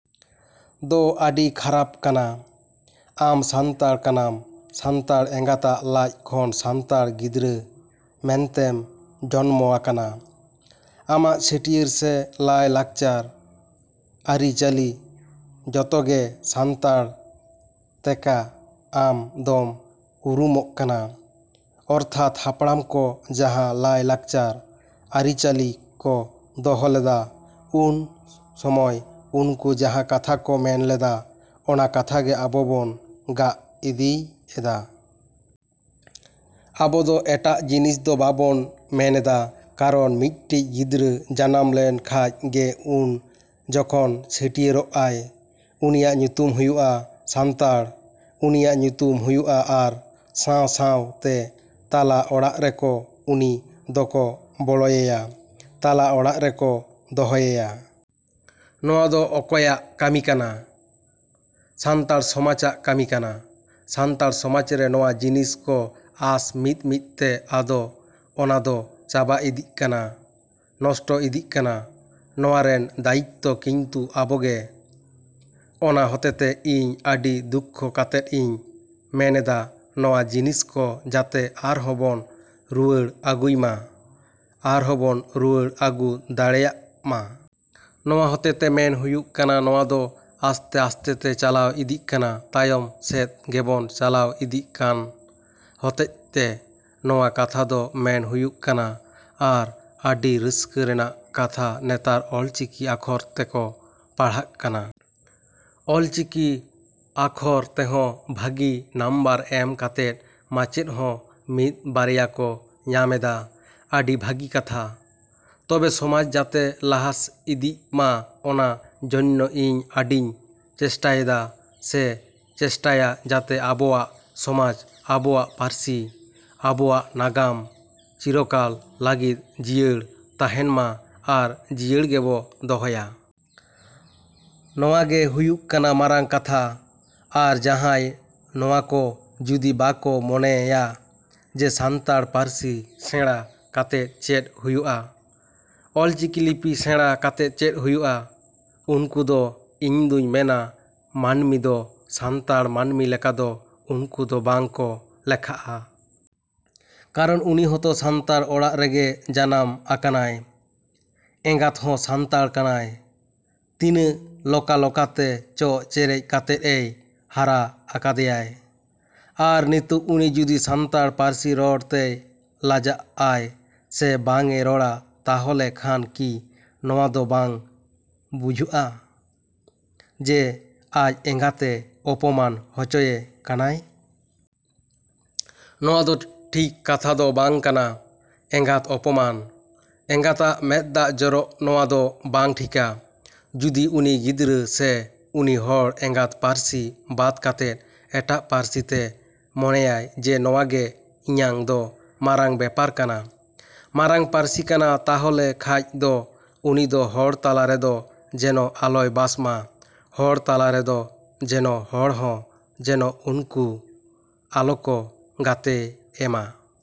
‎ᱫᱚ ᱟᱹᱰᱤ ᱠᱷᱟᱨᱟᱯ ᱠᱟᱱᱟ᱾ ᱟᱢ ᱥᱟᱱᱛᱟᱲ ᱠᱟᱱᱟᱢ, ᱥᱟᱱᱛᱟᱲ ᱮᱸᱜᱟᱛᱟᱜ ᱞᱟᱡ ᱠᱷᱚᱱ ᱥᱟᱱᱛᱟᱲ ᱜᱤᱫᱽᱨᱟᱹ ᱢᱮᱱᱛᱮᱢ ᱡᱚᱱᱢᱚ ᱟᱠᱟᱱᱟ᱾ ᱟᱢᱟᱜ ᱪᱷᱟᱹᱴᱭᱟᱹᱨ ᱥᱮ ᱞᱟᱭ ᱞᱟᱠᱪᱟᱨ, ᱟᱹᱨᱤ ᱪᱟᱹᱞᱤ ᱡᱚᱛᱚ ᱜᱮ ᱥᱟᱱᱛᱟᱲ ᱛᱮᱜᱟ ᱟᱢ ᱫᱚᱢ ᱟᱨᱩᱢᱚᱜ ᱠᱟᱱᱟ᱾ ᱚᱨᱛᱷᱟᱛ ᱦᱟᱯᱲᱟᱢ ᱠᱚ ᱡᱟᱦᱟᱸ ᱞᱟᱭ ᱞᱟᱠᱪᱟᱨ, ᱟᱹᱨᱤ ᱪᱟᱹᱞᱤ ᱠᱚ ᱫᱚᱦᱚ ᱞᱮᱫᱟ ᱩᱱ ᱥᱚᱢᱚᱭ ᱩᱱᱠᱩ ᱡᱟᱦᱟᱸ ᱠᱟᱛᱷᱟ ᱠᱚ ᱢᱮᱱ ᱞᱮᱫᱟ ᱚᱱᱟ ᱠᱟᱛᱷᱟ ᱜᱮ ᱟᱵᱚ ᱵᱚᱱ ᱜᱟᱜ ᱤᱫᱤᱭ ᱮᱫᱟ᱾ ᱟᱵᱚᱫᱚ ᱮᱴᱟᱜ ᱡᱤᱱᱤᱥ ᱫᱚ ᱵᱟᱵᱚᱱ ᱢᱮᱱᱮᱫᱟ᱾ ᱠᱟᱨᱚᱱ ᱢᱤᱫᱴᱤᱡ ᱜᱤᱫᱽᱨᱟᱹ ᱡᱟᱱᱟᱢ ᱞᱮᱱ ᱠᱷᱟᱡ ᱜᱮ ᱩᱱ ᱡᱚᱠᱷᱚᱱ ᱪᱷᱟᱹᱴᱭᱟᱹᱨᱚᱜᱼᱟᱭ ᱩᱱᱤᱭᱟᱜ ᱧᱩᱛᱩᱢ ᱦᱩᱭᱩᱜᱼᱟ ᱥᱟᱱᱛᱟᱲ, ᱩᱱᱤᱭᱟᱜ ᱧᱩᱛᱩᱢ ᱦᱩᱭᱩᱜᱼᱟ ᱟᱨ ᱥᱟᱶᱼᱥᱟᱶᱛᱮ ᱛᱟᱞᱟ ᱚᱲᱟᱜ ᱨᱮᱠᱚ ᱩᱱᱤ ᱫᱚᱠᱚ ᱵᱚᱞᱚᱭᱮᱭᱟ, ᱛᱟᱞᱟ ᱚᱲᱟᱜ ᱨᱮᱠᱚ ᱫᱚᱦᱚᱭᱮᱭᱟ᱾ ᱱᱚᱣᱟ ᱫᱚ ᱚᱠᱚᱭᱟᱜ ᱠᱟᱹᱢᱤ ᱠᱟᱱᱟ? ᱥᱟᱱᱛᱟᱲ ᱥᱚᱢᱟᱡᱟᱜ ᱠᱟᱹᱢᱤ ᱠᱟᱱᱟ᱾ ᱥᱟᱱᱛᱟᱲ ᱥᱚᱢᱟᱡᱽ ᱨᱮ ᱱᱚᱣᱟ ᱡᱤᱱᱤᱥ ᱠᱚ ᱟᱥ ᱢᱤᱫᱼᱢᱤᱫᱛᱮ ᱟᱫᱚ ᱚᱱᱟ ᱫᱚ ᱪᱟᱵᱟ ᱤᱫᱤᱜ ᱠᱟᱱᱟ, ᱱᱚᱥᱴᱚ ᱤᱫᱤᱜ ᱠᱟᱱᱟ᱾ ᱱᱚᱣᱟ ᱨᱮᱱ ᱫᱟᱹᱭᱤᱛᱛᱚ ᱠᱤᱱᱛᱩ ᱟᱵᱚ ᱜᱮ᱾ ᱚᱱᱟ ᱦᱚᱛᱮᱛᱮ ᱤᱧ ᱟᱹᱰᱤ ᱫᱩᱠᱠᱷᱚ ᱠᱟᱛᱮᱫ ᱤᱧ ᱢᱮᱱᱮᱫᱟ ᱱᱚᱣᱟ ᱡᱤᱱᱤᱥ ᱠᱚ ᱡᱟᱛᱮ ᱟᱨᱦᱚᱸ ᱵᱚᱱ ᱨᱩᱣᱟᱹᱲ ᱟᱹᱜᱩᱭ ᱢᱟ, ᱟᱨᱦᱚᱸ ᱵᱚᱱ ᱨᱩᱣᱟᱹᱲ ᱟᱹᱜᱩ ᱫᱟᱲᱮᱭᱟᱜ ᱢᱟ᱾ ᱱᱚᱣᱟ ᱦᱚᱛᱮᱛᱮ ᱢᱮᱱ ᱦᱩᱭᱩᱜ ᱠᱟᱱᱟ ᱱᱚᱣᱟ ᱫᱚ ᱟᱥᱛᱮᱼᱟᱥᱛᱮᱛᱮ ᱪᱟᱞᱟᱣ ᱤᱫᱤᱜ ᱠᱟᱱᱟ᱾ ᱛᱟᱭᱚᱢ ᱥᱮᱫ ᱜᱮᱵᱚᱱ ᱪᱟᱞᱟᱣ ᱤᱫᱤᱜ ᱠᱟᱱ ᱦᱚᱛᱮᱡᱛᱮ ᱱᱚᱣᱟ ᱠᱟᱛᱷᱟ ᱫᱚ ᱢᱮᱱ ᱦᱩᱭᱩᱜ ᱠᱟᱱᱟ᱾ ᱟᱨ ᱟᱹᱰᱤ ᱨᱟᱹᱥᱠᱟᱹ ᱨᱮᱱᱟᱜ ᱠᱟᱛᱷᱟ ᱱᱮᱛᱟᱨ ᱚᱞ ᱪᱤᱠᱤ ᱟᱠᱷᱚᱨ ᱛᱮᱠᱚ ᱯᱟᱲᱦᱟᱜ ᱠᱟᱱᱟ᱾ ᱚᱞ ᱪᱤᱠᱤ ᱟᱠᱷᱚᱨ ᱛᱮᱦᱚᱸ ᱵᱷᱟᱹᱜᱤ ᱱᱟᱢᱵᱟᱨ ᱮᱢ ᱠᱟᱛᱮ ᱢᱟᱪᱮᱫ ᱦᱚᱸ ᱢᱤᱫ ᱵᱟᱨᱭᱟ ᱠᱚ ᱧᱟᱢᱮᱫᱟ᱾ ᱟᱹᱰᱤ ᱵᱷᱟᱹᱜᱤ ᱠᱟᱛᱷᱟ᱾ ᱛᱚᱵᱮ ᱥᱚᱢᱟᱡᱽ ᱡᱟᱛᱮ ᱞᱟᱦᱟ ᱤᱫᱤᱜ ᱢᱟ ᱚᱱᱟ ᱡᱚᱱᱱᱚ ᱤᱧ ᱟᱹᱰᱤᱧ ᱪᱮᱥᱴᱟᱭᱮᱫᱟ ᱥᱮ ᱪᱮᱥᱴᱟᱭᱟ ᱡᱟᱛᱮ ᱟᱵᱚᱣᱟᱜ ᱥᱚᱢᱟᱡᱽ, ᱟᱵᱚᱣᱟᱜ ᱯᱟᱹᱨᱥᱤ, ᱟᱵᱚᱣᱟᱜ ᱱᱟᱜᱟᱢ ᱪᱤᱨᱚᱠᱟᱞ ᱞᱟᱹᱜᱤᱫ ᱡᱤᱭᱟᱹᱲ ᱛᱟᱦᱮᱱ ᱢᱟ ᱟᱨ ᱡᱤᱭᱟᱹᱲ ᱜᱮᱵᱚ ᱫᱚᱦᱚᱭᱟ᱾ ᱱᱚᱣᱟ ᱜᱮ ᱦᱩᱭᱩᱜ ᱠᱟᱱᱟ ᱢᱟᱨᱟᱝ ᱠᱟᱛᱷᱟ᱾ ᱟᱨ ᱡᱟᱦᱟᱸᱭ ᱱᱚᱣᱟ ᱠᱚ ᱡᱩᱫᱤ ᱵᱟᱠᱚ ᱢᱚᱱᱮᱭᱟ ᱡᱮ ᱥᱟᱱᱛᱟᱲ ᱯᱟᱹᱨᱥᱤ ᱥᱮᱬᱟ ᱠᱟᱛᱮᱫ ᱪᱮᱫ ᱦᱩᱭᱩᱜᱼᱟ, ᱚᱞ ᱪᱤᱠᱤ ᱞᱤᱯᱤ ᱥᱮᱬᱟ ᱠᱟᱛᱮ ᱪᱮᱫ ᱦᱩᱭᱩᱜᱼᱟ, ᱩᱱᱠᱩ ᱫᱚ ᱤᱧᱫᱩᱧ ᱢᱮᱱᱟ ᱢᱟᱹᱱᱢᱤ ᱫᱚ ᱥᱟᱱᱛᱟᱲ ᱢᱟᱹᱱᱢᱤ ᱞᱮᱠᱟ ᱫᱚ ᱩᱱᱠᱩ ᱫᱚ ᱵᱟᱝ ᱠᱚ ᱞᱮᱠᱷᱟᱜᱼᱟ᱾ ᱠᱟᱨᱚᱱ ᱩᱱᱤ ᱦᱚᱛᱚ ᱥᱟᱱᱛᱟᱲ ᱚᱲᱟᱜ ᱨᱮᱜᱮ ᱡᱟᱱᱟᱢ ᱟᱠᱟᱱᱟᱭ᱾ ᱮᱸᱜᱟᱛ ᱦᱚᱸ ᱥᱟᱱᱛᱟᱲ ᱠᱟᱱᱟᱭ, ᱛᱤᱱᱟᱹᱜ ᱞᱚᱠᱟᱼᱞᱚᱠᱟ ᱛᱮ ᱪᱚᱜ ᱪᱮᱨᱮᱡ ᱠᱟᱛᱮᱫ ᱮᱭ ᱦᱟᱨᱟ ᱟᱠᱟᱫᱮᱭᱟᱭ᱾ ᱟᱨ ᱱᱤᱛᱚᱜ ᱩᱱᱤ ᱡᱩᱫᱤ ᱥᱟᱱᱛᱟᱲ ᱯᱟᱹᱨᱥᱤ ᱨᱚᱲ ᱛᱮᱭ ᱞᱟᱡᱟᱜᱼᱟᱭ ᱥᱮ ᱵᱟᱝᱼᱮ ᱨᱚᱲᱟ ᱛᱟᱦᱚᱞᱮ ᱠᱷᱟᱱ ᱠᱤ ᱱᱚᱣᱟ ᱫᱚ ᱵᱟᱝ ᱵᱩᱡᱷᱩᱜᱚᱜᱼᱟ ᱡᱮ ᱟᱡ ᱮᱸᱜᱟᱛᱮ ᱚᱯᱚᱢᱟᱱ ᱚᱪᱚᱭᱮ ᱠᱟᱱᱟᱭ? ᱱᱚᱣᱟ ᱫᱚ ᱴᱷᱤᱠ ᱠᱟᱛᱷᱟ ᱫᱚ ᱵᱟᱝ ᱠᱟᱱᱟ᱾ ᱮᱸᱜᱟᱛ ᱚᱯᱚᱢᱟᱱ, ᱮᱸᱜᱟᱛᱟᱜ ᱢᱮᱫᱟᱜ ᱡᱚᱨᱚ ᱱᱚᱣᱟ ᱫᱚ ᱵᱟᱝ ᱴᱷᱤᱠᱟ᱾ ᱡᱩᱫᱤ ᱩᱱᱤ ᱜᱤᱫᱽᱨᱟᱹ ᱥᱮ ᱩᱱᱤ ᱦᱚᱲ ᱮᱸᱜᱟᱛ ᱯᱟᱹᱨᱥᱤ ᱵᱟᱫ ᱠᱟᱛᱮᱫ ᱮᱴᱟᱜ ᱯᱟᱹᱨᱥᱤ ᱛᱮ ᱢᱚᱱᱮᱭᱟᱭ ᱡᱮ ᱱᱚᱣᱟ ᱜᱮ ᱤᱧᱟᱹᱝ ᱫᱚ ᱢᱟᱨᱟᱝ ᱵᱮᱯᱟᱨ ᱠᱟᱱᱟ, ᱢᱟᱨᱟᱝ ᱯᱟᱹᱨᱥᱤ ᱠᱟᱱᱟ ᱛᱟᱦᱚᱠᱮ ᱠᱷᱟᱡ ᱫᱚ ᱩᱱᱤ ᱫᱚ ᱦᱚᱲ ᱛᱟᱞᱟ ᱨᱮᱫᱚ ᱡᱮᱱᱚ ᱟᱞᱚᱭ ᱵᱟᱥ ᱢᱟ, ᱦᱚᱲ ᱛᱟᱞᱟ ᱨᱮᱫᱚ ᱡᱮᱱᱚ ᱦᱚᱲ ᱦᱚᱸ ᱡᱮᱱᱚ ᱩᱱᱠᱩ ᱟᱞᱚᱠᱚ ᱜᱟᱛᱮᱭᱮᱢᱟ᱾।